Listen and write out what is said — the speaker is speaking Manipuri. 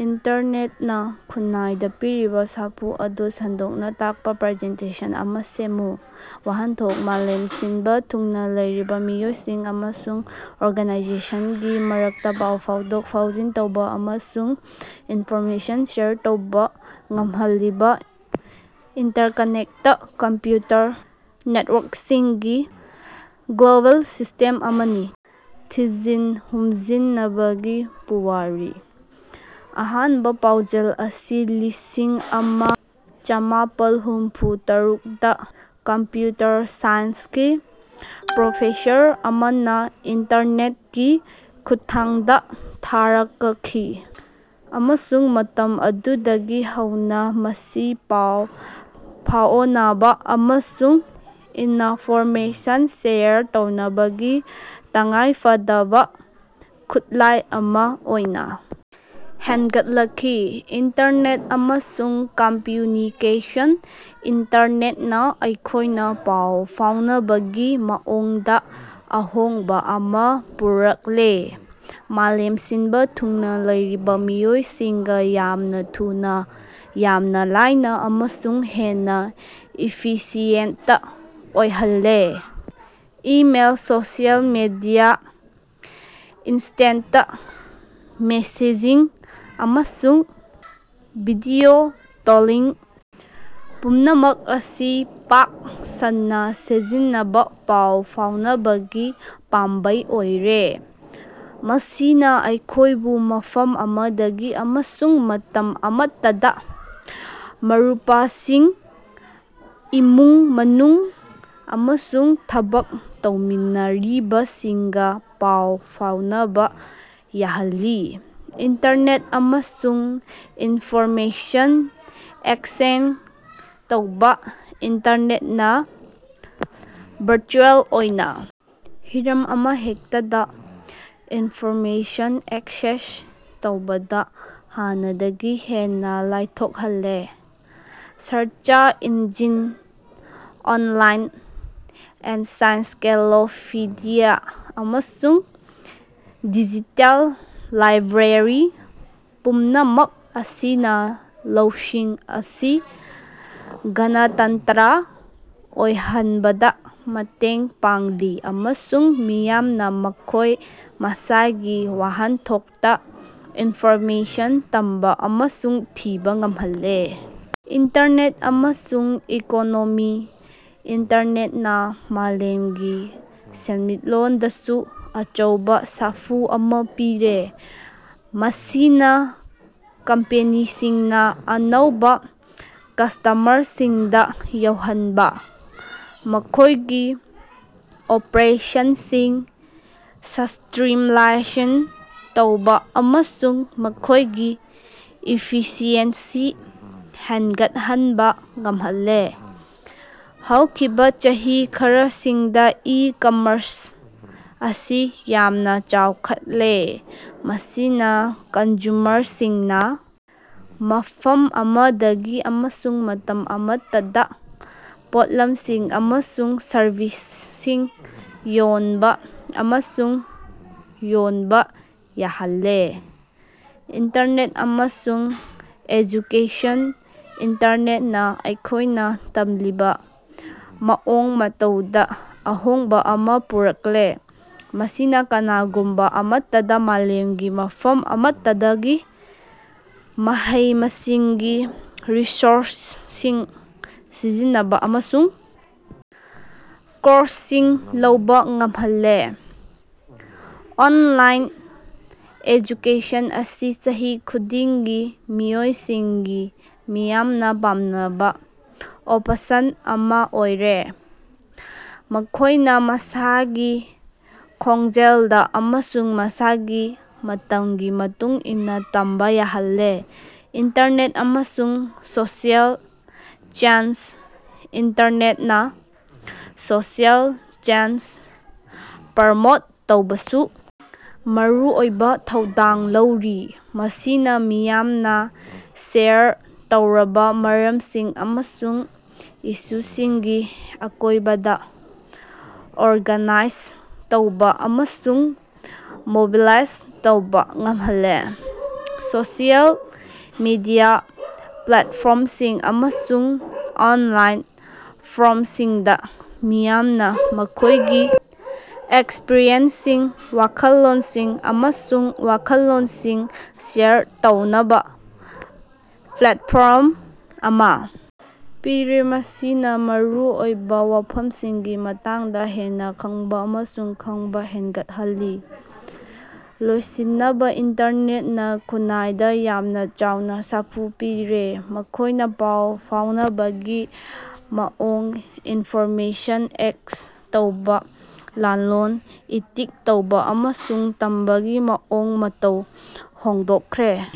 ꯏꯟꯇꯔꯅꯦꯇꯅ ꯈꯨꯟꯅꯥꯏꯗ ꯄꯤꯔꯤꯕ ꯁꯥꯐꯨ ꯑꯗꯨ ꯁꯟꯗꯣꯛꯅ ꯇꯥꯛꯅꯕ ꯄ꯭ꯔꯖꯦꯟꯇꯦꯁꯟ ꯑꯃ ꯁꯦꯝꯃꯨ꯫ ꯋꯥꯍꯟꯊꯣꯛ: ꯃꯥꯂꯦꯝ ꯁꯤꯟꯕ ꯊꯨꯡꯅ ꯂꯩꯔꯤꯕ ꯃꯤꯑꯣꯏꯁꯤꯡ ꯑꯃꯁꯨꯡ ꯑꯣꯔꯒꯥꯅꯥꯏꯖꯦꯁꯟꯁꯤꯡꯒꯤ ꯃꯔꯛꯇ ꯄꯥꯎ ꯐꯥꯎꯗꯣꯛ-ꯐꯥꯎꯖꯤꯟ ꯇꯧꯕ ꯑꯃꯁꯨꯡ ꯏꯟꯐꯣꯔꯃꯦꯁꯟ ꯁꯦꯌꯔ ꯇꯧꯕ ꯉꯝꯍꯜꯂꯤꯕ ꯏꯟꯇꯔꯀꯅꯦꯛꯇ ꯀꯝꯄ꯭ꯌꯨꯇꯔ ꯅꯦꯇꯋꯥꯔꯀꯁꯤꯡꯒꯤ ꯒ꯭ꯂꯣꯕꯦꯜ ꯁꯤꯁꯇꯦꯝ ꯑꯃꯅꯤ꯫ ꯊꯤꯖꯤꯟ ꯍꯨꯝꯖꯤꯅꯕꯒꯤ ꯄꯨꯋꯥꯔꯤ: ꯑꯍꯥꯟꯕ ꯄꯥꯎꯖꯦꯜ ꯑꯁꯤ ꯂꯤꯁꯤꯡ ꯑꯃ ꯆꯥꯃꯥꯄꯜ ꯍꯨꯝꯐꯨ ꯇꯔꯨꯛꯗꯥ ꯀꯝꯞꯌꯨꯇꯔ ꯁꯥꯏꯟꯁꯀꯤ ꯄ꯭ꯔꯣꯐꯦꯁꯔ ꯑꯃꯅꯥ ꯏꯟꯇꯔꯅꯦꯠꯀꯤ ꯈꯨꯠꯊꯥꯡꯗꯥ ꯊꯥꯔꯀꯈꯤ, ꯑꯃꯁꯨꯡ ꯃꯇꯝ ꯑꯗꯨꯗꯒꯤ ꯍꯧꯅꯥ ꯃꯁꯤ ꯄꯥꯎ ꯐꯥꯑꯣꯅꯕꯥ ꯑꯃꯁꯨꯡ ꯏꯅꯐꯣꯔꯃꯦꯁꯟ ꯁꯦꯌꯔ ꯇꯧꯅꯕꯒꯤ ꯇꯉꯥꯏꯐꯗꯕꯥ ꯈꯨꯠꯂꯥꯏ ꯑꯃꯥ ꯑꯣꯏꯅꯥ ꯍꯦꯟꯒꯠꯂꯛꯈꯤ꯫ ꯏꯟꯇꯔꯅꯦꯠ ꯑꯃꯁꯨꯡ ꯀꯝꯃ꯭ꯌꯨꯅꯤꯀꯦꯁꯟ ꯏꯟꯇꯔꯅꯦꯠꯅ ꯑꯩꯈꯣꯏꯅ ꯄꯥꯎ ꯐꯥꯎꯅꯕꯒꯤ ꯃꯑꯣꯡꯗ ꯑꯍꯣꯡꯕ ꯑꯃ ꯄꯨꯔꯛꯂꯦ, ꯃꯥꯂꯦꯝ ꯁꯤꯟꯕ ꯊꯨꯡꯅ ꯂꯩꯔꯤꯕ ꯃꯤꯑꯣꯏꯁꯤꯡꯒ ꯌꯥꯝꯅ ꯊꯨꯅ, ꯌꯥꯝꯅ ꯂꯥꯏꯅ ꯑꯃꯁꯨꯡ ꯍꯦꯟꯅ ꯏꯐꯤꯁꯤꯌꯦꯟꯇ ꯑꯣꯏꯍꯜꯂꯦ꯫ Email, social media, instant messaging, ꯑꯃꯁꯨꯡ ꯚꯤꯗꯤꯑꯣ ꯀꯣꯂꯤꯡ ꯄꯨꯝꯅꯃꯛ ꯑꯁꯤ ꯄꯥꯛ ꯁꯟꯅꯥ ꯁꯤꯖꯤꯟꯅꯕꯥ ꯄꯥꯎ ꯐꯥꯎꯅꯕꯒꯤ ꯄꯥꯝꯕꯩ ꯑꯣꯏꯔꯦ, ꯃꯁꯤꯅ ꯑꯩꯈꯣꯏꯕꯨ ꯃꯐꯝ ꯑꯃꯗꯒꯤ ꯑꯃꯁꯨꯡ ꯃꯇꯝ ꯑꯃꯠꯇꯗꯥ ꯃꯔꯨꯄꯁꯤꯡ, ꯏꯃꯨꯡ ꯃꯅꯨꯡ, ꯑꯃꯁꯨꯡ ꯊꯕꯛ ꯇꯧꯃꯤꯟꯅꯔꯤꯕꯁꯤꯡꯒ ꯄꯥꯎ ꯐꯥꯎꯅꯕ ꯌꯥꯍꯜꯂꯤ꯫ ꯏꯟꯇꯔꯅꯦꯠ ꯑꯃꯁꯨꯡ ꯏꯟꯐꯣꯔꯃꯦꯁꯟ ꯑꯦꯛꯁꯦꯁ ꯇꯧꯕ ꯏꯟꯇꯔꯅꯦꯠꯅ ꯚꯔꯆꯨꯑꯦꯜ ꯑꯣꯏꯅ ꯍꯤꯔꯝ ꯑꯃꯍꯦꯛꯇꯗ ꯏꯟꯐꯣꯔꯃꯦꯁꯟ ꯑꯦꯛꯁꯦꯁ ꯇꯧꯕꯗ ꯍꯥꯟꯅꯗꯒꯤ ꯍꯦꯟꯅ ꯂꯥꯏꯊꯣꯛꯍꯜꯂꯦ꯫ ꯁꯔꯆ ꯏꯟꯖꯤꯟ, ꯑꯣꯟꯂꯥꯏꯟ ꯑꯦꯟꯁꯥꯏꯀꯂꯣꯄꯤꯗꯤꯌꯥ, ꯑꯃꯁꯨꯡ ꯗꯤꯖꯤꯇꯦꯜ ꯂꯥꯏꯕ꯭ꯔꯦꯔꯤ ꯄꯨꯝꯅꯃꯛ ꯑꯁꯤꯅ ꯂꯧꯁꯤꯡ ꯑꯁꯤ ꯒꯅꯇꯟꯇꯔ ꯑꯣꯏꯍꯟꯕꯗ ꯃꯇꯦꯡ ꯄꯥꯡꯂꯤ ꯑꯃꯁꯨꯡ ꯃꯤꯌꯥꯝꯅ ꯃꯈꯣꯏ ꯃꯁꯥꯒꯤ ꯋꯥꯍꯟꯊꯣꯛꯇ ꯏꯟꯐꯣꯔꯃꯦꯁꯟ ꯇꯝꯕ ꯑꯃꯁꯨꯡ ꯊꯤꯕ ꯉꯝꯍꯜꯂꯦ꯫ ꯏꯟꯇꯔꯅꯦꯠ ꯑꯃꯁꯨꯡ ꯏꯀꯣꯅꯣꯃꯤ ꯏꯟꯇꯔꯅꯦꯠꯅꯥ ꯃꯥꯂꯦꯝꯒꯤ ꯁꯦꯟꯃꯤꯠꯂꯣꯟꯗꯁꯨ ꯑꯆꯧꯕ ꯁꯥꯐꯨ ꯑꯃ ꯄꯤꯔꯦ, ꯃꯁꯤꯅ ꯀꯝꯄꯦꯅꯤꯁꯤꯡꯅ ꯑꯅꯧꯕ ꯀꯁ꯭ꯇꯃꯔꯁꯤꯡꯗ ꯌꯧꯍꯟꯕ, ꯃꯈꯣꯏꯒꯤ ꯑꯣꯄꯔꯦꯁꯟꯁꯤꯡ ꯁ꯭ꯇꯔꯤꯝꯂꯥꯏꯟ ꯇꯧꯕ, ꯑꯃꯁꯨꯡ ꯃꯈꯣꯏꯒꯤ ꯏꯐꯤꯁꯤꯑꯦꯟꯁꯤ ꯍꯦꯟꯒꯠꯍꯟꯕ ꯉꯝꯍꯜꯂꯦ꯫ ꯍꯧꯈꯤꯕ ꯆꯍꯤ ꯈꯔꯁꯤꯗ ꯏ-ꯀꯝꯃꯔꯁ ꯑꯁꯤ ꯌꯥꯝꯅ ꯆꯥꯎꯈꯠꯂꯦ, ꯃꯁꯤꯅ ꯀꯟꯖꯨꯃꯔꯁꯤꯡꯅꯥ ꯃꯐꯝ ꯑꯃꯗꯒꯤ ꯑꯃꯁꯨꯡ ꯃꯇꯝ ꯑꯃꯠꯇꯗꯥ ꯄꯣꯠꯂꯝꯁꯤꯡ ꯑꯃꯁꯨꯡ ꯁꯔꯕꯤꯁꯁꯤꯡ ꯌꯣꯟꯕ ꯑꯃꯁꯨꯡ ꯌꯣꯟꯕ ꯌꯥꯍꯜꯂꯦ꯫ ꯏꯟꯇꯔꯅꯦꯠ ꯑꯃꯁꯨꯡ ꯑꯦꯖꯨꯀꯦꯁꯟ ꯏꯟꯇꯔꯅꯦꯠꯅꯥ ꯑꯩꯈꯣꯏꯅ ꯇꯝꯂꯤꯕ ꯃꯑꯣꯡ ꯃꯇꯧꯗ ꯑꯍꯣꯡꯕ ꯑꯃ ꯄꯨꯔꯛꯂꯦ, ꯃꯁꯤꯅ ꯀꯅꯥꯒꯨꯝꯕ ꯑꯃꯠꯇꯅ ꯃꯥꯂꯦꯝꯒꯤ ꯃꯐꯝ ꯑꯃꯠꯇꯗꯒꯤ ꯃꯍꯩ-ꯃꯁꯤꯡꯒꯤ ꯔꯤꯁꯣꯔꯁꯁꯤꯡ ꯁꯤꯖꯤꯟꯅꯕ ꯑꯃꯁꯨꯡ ꯀꯣꯔꯁꯁꯤꯡ ꯂꯧꯕꯥ ꯉꯝꯍꯜꯂꯦ꯫ ꯑꯣꯟꯂꯥꯏꯟ ꯑꯦꯖꯨꯀꯦꯁꯟ ꯑꯁꯤ ꯆꯍꯤ ꯈꯨꯗꯤꯡꯒꯤ ꯃꯤꯑꯣꯏꯁꯤꯡꯒꯤ ꯃꯤꯌꯥꯝꯅ ꯄꯥꯝꯅꯕ ꯑꯣꯄꯁꯟ ꯑꯃ ꯑꯣꯏꯔꯦ, ꯃꯈꯣꯏꯅ ꯃꯁꯥꯒꯤ ꯈꯣꯡꯖꯦꯜꯗ ꯑꯃꯁꯨꯡ ꯃꯁꯥꯒꯤ ꯃꯇꯝꯒꯤ ꯃꯇꯨꯡ ꯏꯟꯅ ꯇꯝꯕ ꯌꯥꯍꯜꯂꯦ꯫ ꯏꯟꯇꯔꯅꯦꯠ ꯑꯃꯁꯨꯡ ꯁꯣꯁꯤꯑꯦꯜ ꯆꯦꯟꯖ ꯏꯟꯇꯔꯅꯦꯠꯅꯥ ꯁꯣꯁꯤꯑꯦꯜ ꯆꯦꯟꯖ ꯄ꯭ꯔꯃꯣꯠ ꯇꯧꯕꯗꯁꯨ ꯃꯔꯨꯑꯣꯏꯕ ꯊꯧꯗꯥꯡ ꯂꯧꯔꯤ, ꯃꯁꯤꯅ ꯃꯤꯌꯥꯝꯅ ꯁꯦꯌꯔ ꯇꯧꯔꯕ ꯃꯔꯝꯁꯤꯡ ꯑꯃꯁꯨꯡ ꯏꯁꯨꯁꯤꯡꯒꯤ ꯑꯀꯣꯏꯕꯗ ꯑꯣꯔꯒꯥꯅꯥꯏꯖ ꯇꯧꯕ ꯑꯃꯁꯨꯡ ꯃꯣꯕꯤꯂꯥꯏꯖ ꯇꯧꯕꯥ ꯉꯝꯍꯜꯂꯤ꯫ ꯁꯣꯁꯤꯑꯦꯜ ꯃꯤꯗꯤꯌ ꯄ꯭ꯂꯦꯠꯐꯣꯔꯝꯁꯤꯡ ꯑꯃꯁꯨꯡ ꯑꯣꯟꯂꯥꯏꯟ ꯐꯣꯔꯝꯁꯤꯡꯅ ꯃꯤꯌꯥꯝꯅ ꯃꯈꯣꯏꯒꯤ ꯑꯦꯛꯁꯄꯔꯤꯌꯦꯟꯁꯁꯤꯡ, ꯋꯥꯈꯜꯂꯣꯟꯁꯤꯡ, ꯑꯃꯁꯨꯡ ꯋꯥꯈꯜꯂꯣꯟꯁꯤꯡ ꯁꯦꯌꯔ ꯇꯧꯅꯕꯥ ꯄ꯭ꯂꯦꯠꯐꯣꯔꯝ ꯑꯃ ꯄꯤꯔꯦ, ꯃꯁꯤꯅ ꯃꯔꯨꯑꯣꯏꯕ ꯋꯥꯐꯝꯁꯤꯡꯒꯤ ꯃꯇꯥꯡꯗ ꯍꯦꯟꯅ ꯈꯪꯕ ꯑꯃꯁꯨꯡ ꯈꯪꯕ ꯍꯦꯟꯒꯠꯍꯜꯂꯤ꯫ ꯂꯣꯏꯁꯤꯅꯕ ꯏꯟꯇꯔꯅꯦꯠꯅ ꯈꯨꯟꯅꯥꯏꯗ ꯌꯥꯝꯅ ꯆꯥꯎꯅ ꯁꯥꯐꯨ ꯄꯤꯔꯦ, ꯑꯩꯈꯣꯏꯅ ꯄꯥꯎ ꯐꯥꯎꯅꯕꯒꯤ ꯃꯑꯣꯡ, ꯏꯟꯐꯣꯔꯃꯦꯁꯟ ꯑꯦꯛꯁꯦꯁ ꯇꯧꯕ, ꯂꯂꯣꯟ-ꯏꯇꯤꯛ ꯇꯧꯕ, ꯑꯃꯁꯨꯡ ꯇꯝꯕꯒꯤ ꯃꯑꯣꯡ ꯃꯇꯧ ꯍꯣꯡꯗꯣꯛꯈ꯭ꯔꯦ꯫